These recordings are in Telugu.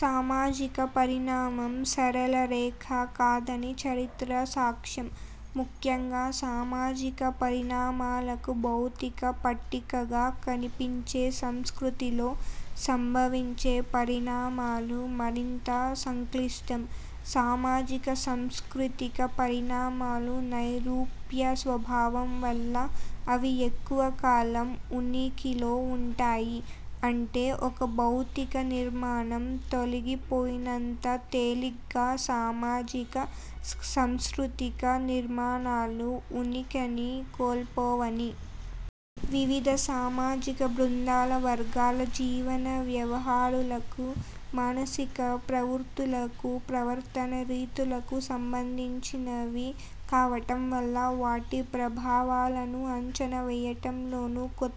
సామాజిక పరిణామం సరళ రేఖ కాదని చరిత్ర సాక్ష్యం. ముఖ్యంగా సామాజిక పరిణామాలకు భౌతిక పట్టికగా కనిపించే సంస్కృతిలో సంభవించే పరిణామాలు మరింత సంక్లిష్టం. సామాజిక, సాంస్కృతిక పరిణామాలు నైరూప్య స్వభావం వల్ల అవి ఎక్కువ కాలం ఉనికిలో వుంటాయి. అంటే, ఒక భౌతిక నిర్మాణం తొలగిపోయినంత తేలిగ్గా, సామాజిక సాంస్కృతిక నిర్మాణాలు ఉనికిని కోల్పోవని. వివిధ సామాజిక బృందాల, వర్గాల జీవన వ్యవహారాలకూ, మానసిక ప్రవృత్తులకూ, ప్రవర్తనా రీతులకూ సంబంధించినవి కావటం వల్ల వాటి ప్రభావాలను అంచనా వేయటంలోనూ కొత్త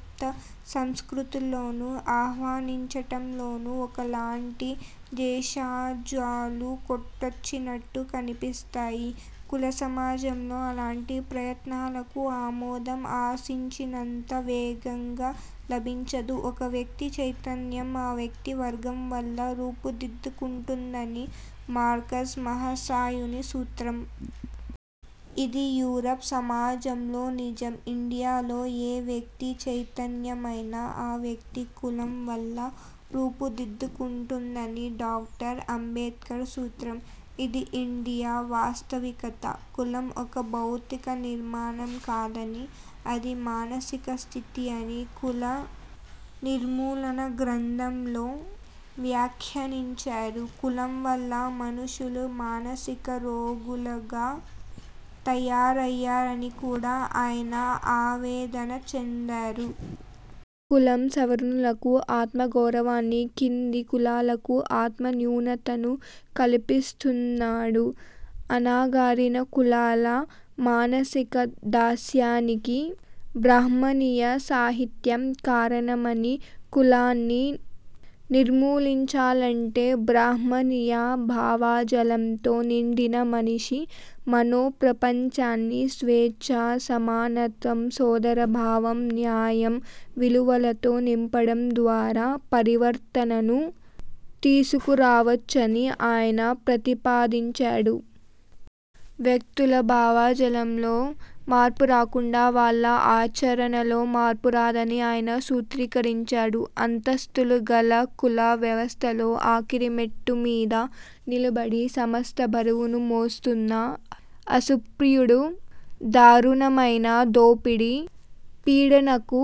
సంస్కృతులను ఆహ్వానించటంలోనూ ఒకలాంటి బేషజాలు కొట్టొచ్చినట్టు కనిపిస్తాయి. కుల సమాజంలో అలాంటి ప్రయత్నాలకు ఆమోదం ఆశించినంత వేగంగా లభించదు. ఒక వ్యక్తి చైతన్యం ఆ వ్యక్తి వర్గం వల్ల రూపుదిద్దుకుంటుందని మార్క్స్ మహాశయుని సూత్రం. ఇది యూరప్ సమాజంలో నిజం. ఇండియాలో ఏ వ్యక్తి చైతన్యమైనా, ఆ వ్యక్తి కులం వల్ల రూపుదిద్దుకుంటుందని డాక్టర్ అంబేడ్కర్ సూత్రం. ఇది ఇండియా వాస్తవికత. కులం ఒక భౌతిక నిర్మాణం కాదనీ, అది మానసిక స్థితి అని 'కుల నిర్మూలన' గ్రంథంలో వ్యాఖ్యానించారు. కులం వల్ల మనుషులు మానసిక రోగులుగా తయారయ్యారని కూడా ఆయన ఆవేదన చెందారు. కులం సవర్ణులకు ఆత్మగౌరవాన్నీ, కింది కులాలకు ఆత్మన్యూనతను కల్పిస్తుందన్నాడు. అణగారిన కులాల మానసిక దాస్యానికి బ్రాహ్మణీయ సాహిత్యం కారణమనీ, కులాన్ని నిర్మూలించాలంటే బ్రాహ్మణీయ భావజాలంతో నిండిన మనిషి మనో ప్రపంచాన్ని స్వేచ్ఛ, సమానత్వం, సోదరభావం, న్యాయం విలువలతో నింపడం ద్వారా పరివర్తనను తీసుకురావొచ్చని ఆయన ప్రతిపాదించాడు. వ్యక్తుల భావజాలంలో మార్పు రాకుండా వాళ్ల ఆచరణలో మార్పు రాదని ఆయన సూత్రీకరించాడు. అంతస్థులు గల కుల వ్యవస్థలో ఆఖరిమెట్టు మీద నిలబడి, సమస్త బరువును మోస్తున్న అస్పృశ్యుడు దారుణమైన దోపిడీ పీడనకు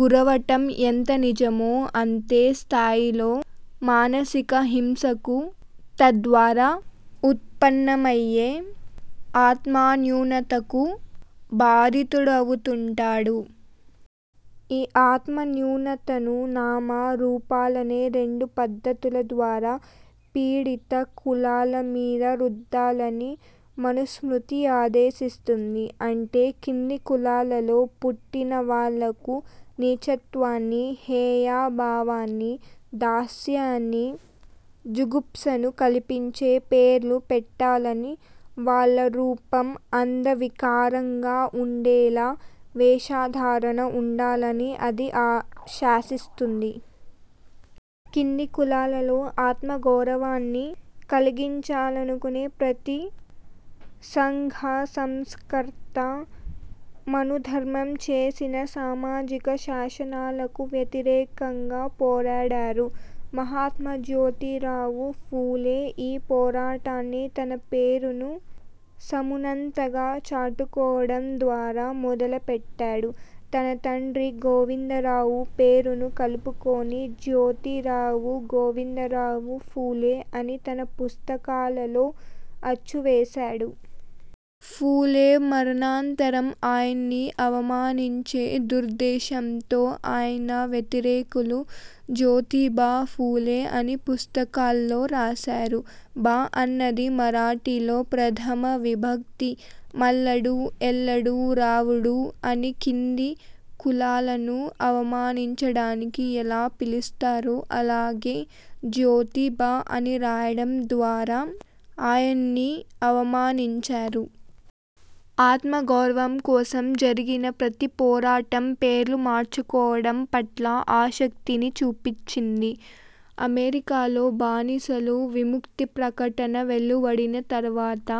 గురవ్వటం ఎంత నిజమో, అంతే స్థాయిలో మానసిక హింసకూ, తద్వారా ఉత్పన్నమయ్యే ఆత్మన్యూనతకూ బాధితుడవుతుంటాడు. ఈ ఆత్మన్యూనతను నామ, రూపాలనే రెండు పద్ధతుల ద్వారా పీడిత కులాల మీద రుద్దాలని మనుస్మృతి ఆదేశిస్తుంది. అంటే, కింది కులాల్లో పుట్టిన వాళ్లకు నీచత్వాన్నీ, హేయభావాన్నీ, దాస్యాన్నీ, జుగుప్సనూ కల్పించే పేర్లు పెట్టాలనీ, వాళ్ల రూపం అంద వికారంగా వుండేలా వేషధారణ వుండాలని అది శాసిస్తుంది. కింది కులాల్లో ఆత్మగౌరవాన్ని కలిగించాలనుకొనే ప్రతి సంఘ సంస్కర్త మనుధర్మం చేసిన సామాజిక శాసనాలకు వ్యతిరేకంగా పోరాడారు. మహాత్మ జ్యోతిరావు ఫూలే ఈ పోరాటాన్ని తన పేరును సమున్నతంగా చాటుకోవటం ద్వారా మొదలుపెట్టాడు. తన తండ్రి గోవిందరావు పేరును కలుపుకొని 'జ్యోతిరావు గోవిందరావు ఫూలే' అని తన పుస్తకాల్లో అచ్చువేశాడు. ఫూలే మరణానంతరం ఆయన్ని అవమానించే దురుద్దేశంతో ఆయన వ్యతిరేకులు 'జ్యోతిబా ఫూలే' అని పుస్తకాల్లో రాశారు. 'బా' అన్నది మరాఠీలో ప్రథమా విభక్తి. మల్లడు, ఎల్లడు, రావడు అని కింది కులాలను అవమానించడానికి ఎలా పిలుస్తారో, అలాగే జ్యోతిబా అని రాయటం ద్వారా ఆయన్ని అవమానించారు. ఆత్మగౌరవం కోసం జరిగిన ప్రతిపోరాటం పేర్లు మార్చుకోవటం పట్ల ఆసక్తిని చూపించింది. అమెరికాలో బానిసల 'విముక్తి ప్రకటన' వెలువడిన తర్వాత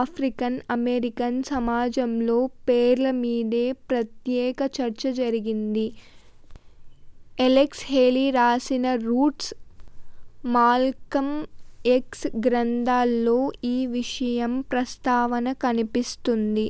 ఆఫ్రికన్ అమెరికన్ సమాజంలో పేర్ల మీదే ప్రత్యేక చర్చ జరిగింది. ఎలెక్స్ హేలీ రాసిన 'రూట్స్', 'మాల్కం ఎక్స్' గ్రంథాల్లో ఈ విషయం ప్రస్తావన కన్పిస్తుంది.